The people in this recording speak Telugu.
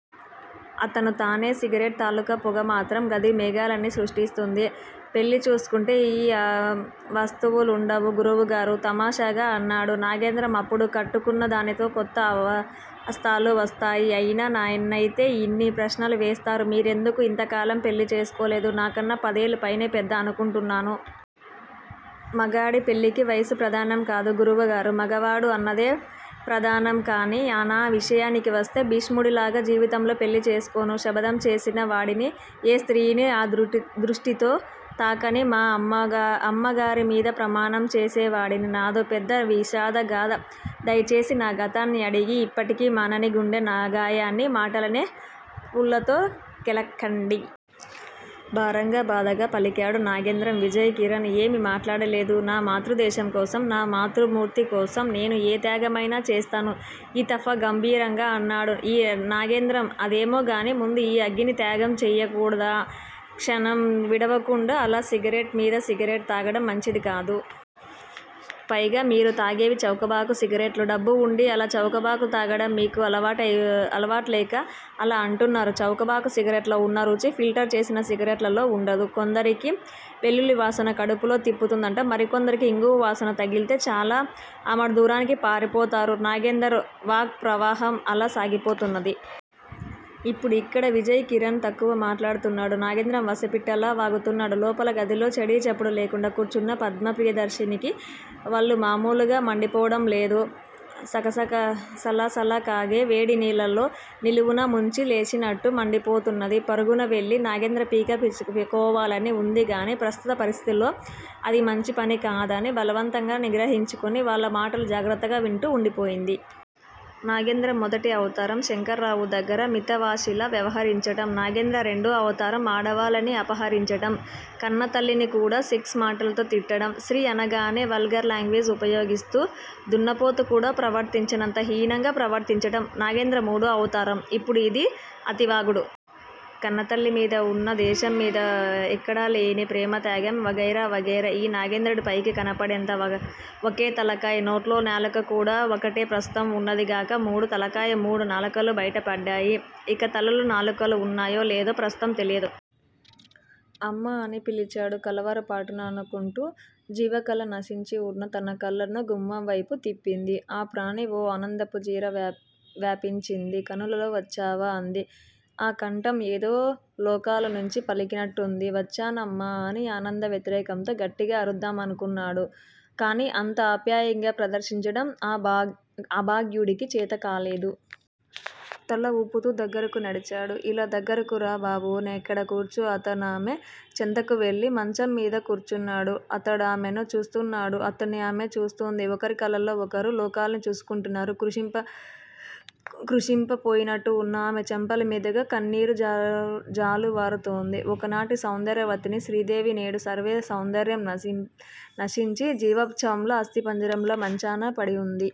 అతను తానే సిగరెట్ తాలూకు పొగమాత్రం గదిలో మేఘాలని సృష్టిస్తున్నది. పెళ్ళిచేసుకుంటే ఈ అవస్తలు వుండవు గురువుగారూ! తమాషాగా అన్నాడు నాగేంద్రం. అప్పుడు కట్టుకున్నదానితో కొత్త అవస్తలు వస్తాయి. అయినా నన్నయితే యిన్ని ప్రశ్నలు వేస్తారు. మీరెందుకు యింతకాలం పెళ్ళిచేసుకోలేదు? నాకన్నా పదేళ్ళు పైనే పెద్ద అనుకుంటాను? మగాడి పెళ్ళికి వయసు ప్రధానంకాదు గురువుగారూ! మగవాడు అన్నదే ప్రధానం. కాని నా విషయానికి వస్తే భీష్ముడిలాగా జీవితంలో పెళ్ళిచేసుకోను శబధం చేసిన వాడిని. ఏ స్త్రీని ఆ దృష్టితో తాకనని మా అమ్మగారి మీద ప్రమాణం చేసినవాడిని నాదో పెద్ద విషాదగాధ. దయచేసి నా గతాన్ని అడిగి ఎప్పటికీ మానని నా గుండె గాయాన్ని మాటలనే పుల్లతో కెలక్కండి. భారంగా బాధగా పలికాడు నాగేంద్రం. విజయ్ కిరణ్ ఏమీ మాట్లాడలేదు. నా మాతృదేశంకోసం నా మాతృమూర్తి కోసం నేను ఏ త్యాగమయినా చేస్తాను. ఈతఫా గాంభీర్యంగా అన్నాడు నాగేంద్రం. అదేమోగాని ముందు ఈ అగ్నిని త్యాగం చేయకూడదా? క్షణం విడవకుండా అలా సిగరెట్ మీద సిగరెట్ తాగటం మంచిదికాదు. పైగా మీరు తాగేవి చవకబారు సిగరెట్లు. డబ్బు వుండి అలా చౌకబరువి తాగటం? మీకు అలవాటులేక అలా అంటున్నారు. చౌకబారు సిగరెట్లలో వున్న రుచి ఫిల్టర్ చేసిన సిగరెట్ లో వుండదు. కొందరికి వెల్లుల్లివాసన కడుపులో తిప్పుతుందట. మరికొందరు ఇంగువ వాసన తగిలితే చాలు ఆమడదూరానికి పారిపోతారు నాగేంద్రం వాక్ ప్రవాహం అలా సాగిపోతున్నది. ఇప్పుడు ఇక్కడ విజయ్ కిరణ్ తక్కువ మాట్లాడుతున్నాడు. నాగేంద్రం వసపిట్టలా వాగుతున్నాడు. లోపల గదిలో చడీచప్పుడు లేకుండా కూర్చున్న పద్మినిప్రియదర్శినికి వళ్ళు మామూలుగా మండిపోవటం లేదు. సలసలకాగే వేడి నీళ్ళలో నిలువునా ముంచి తీసినట్లు మాడిపోతున్నది. పరుగునవెళ్ళి నాగేంద్రం పీక పుచ్చుకోవాలని వుందిగాని ప్రస్తుత పరిస్థితులలో అది మంచిపని కాదని బలవంతాన నిగ్రహించుకుని వాళ్ళ మాటలు జాగ్రత్తగా వింటూ వుండిపోయింది. నాగేంద్రం మొదటి అవతారం శంకర్రావు దగ్గర మితభాషిలా వ్యవహరించటం. నాగేంద్రం రెండో అవతారం ఆడవాళ్ళని అపహరించటం. కన్నతల్లిని కూడా సెక్స్ మాటలతో తిట్టటం. స్త్రీ అనగానే వల్గర్ లాంగ్వేజి వుపయోగిస్తూ దున్నపోతు కూడా ప్రవర్తించనంత హీనంగా ప్రవర్తించటం. నాగేంద్రం మూడో అవతారం ఇప్పుడు యిది. అతివాగుడు. కన్నతల్లి మీద, ఉన్న దేశం మీద ఎక్కడలేని ప్రేమ త్యాగం వగైరా వగైరా. ఈ నాగేంద్రంకి పైకి కనబడేది వకేతలకాయ. నోట్లో నాలుక కూడా వకటే. ప్రస్తుతం వున్నది గాక మూడు తలకాయలు, మూడు నాలుకలు బైటపడ్డాయి. ఇంకా తలలు నాలుకలు వున్నాయో లేదో ప్రస్తుతం తెలియదు. అమ్మా! అని పిలిచాడు కలవరపాటును అణుచుకుంటూ. జీవకళ నశించివున్న తనకళ్ళను గుమ్మంవైపు తిప్పింది ఆ ప్రాణి. ఓ ఆనందపు జీర వ్యాపించింది కనులలో. వచ్చావా? అంది. ఆ కంఠం ఏదో లోకాలనుంచి పలికినట్టుంది. వచ్చానమ్మా అని ఆనందాతిరేకంతో గట్టిగా అరుద్దామనుకున్నాడు. కాని అంత ఆప్యాయత ప్రదర్శించటం ఆ అభాగ్యుడికి చేతకాలేదు. తల ఊపుతూ దగ్గరకు నడిచాడు. ఇలా దగ్గరకు రా బబో ఇక్కడ కూర్చో. అతనామె చెంతకు వెళ్ళి మంచంమీద కూర్చున్నాడు. అతడామెను చూస్తున్నాడు. అతన్ని ఆమె చూస్తోంది. ఒకరికళ్ళతో ఒకరు లోకాలు చూసుకుంటున్నారు. కృశించిపోయినట్టువున్న ఆమె చెంపలమీదుగా కన్నీరు జాలువారుతోంది. ఒకనాటి సౌందర్యవతి శ్రీదేవి- నేడు సర్వ సౌందర్యం నశించి, జీవచ్చవంలా, అస్థిపంజరంలా మంచాన పడివుంది.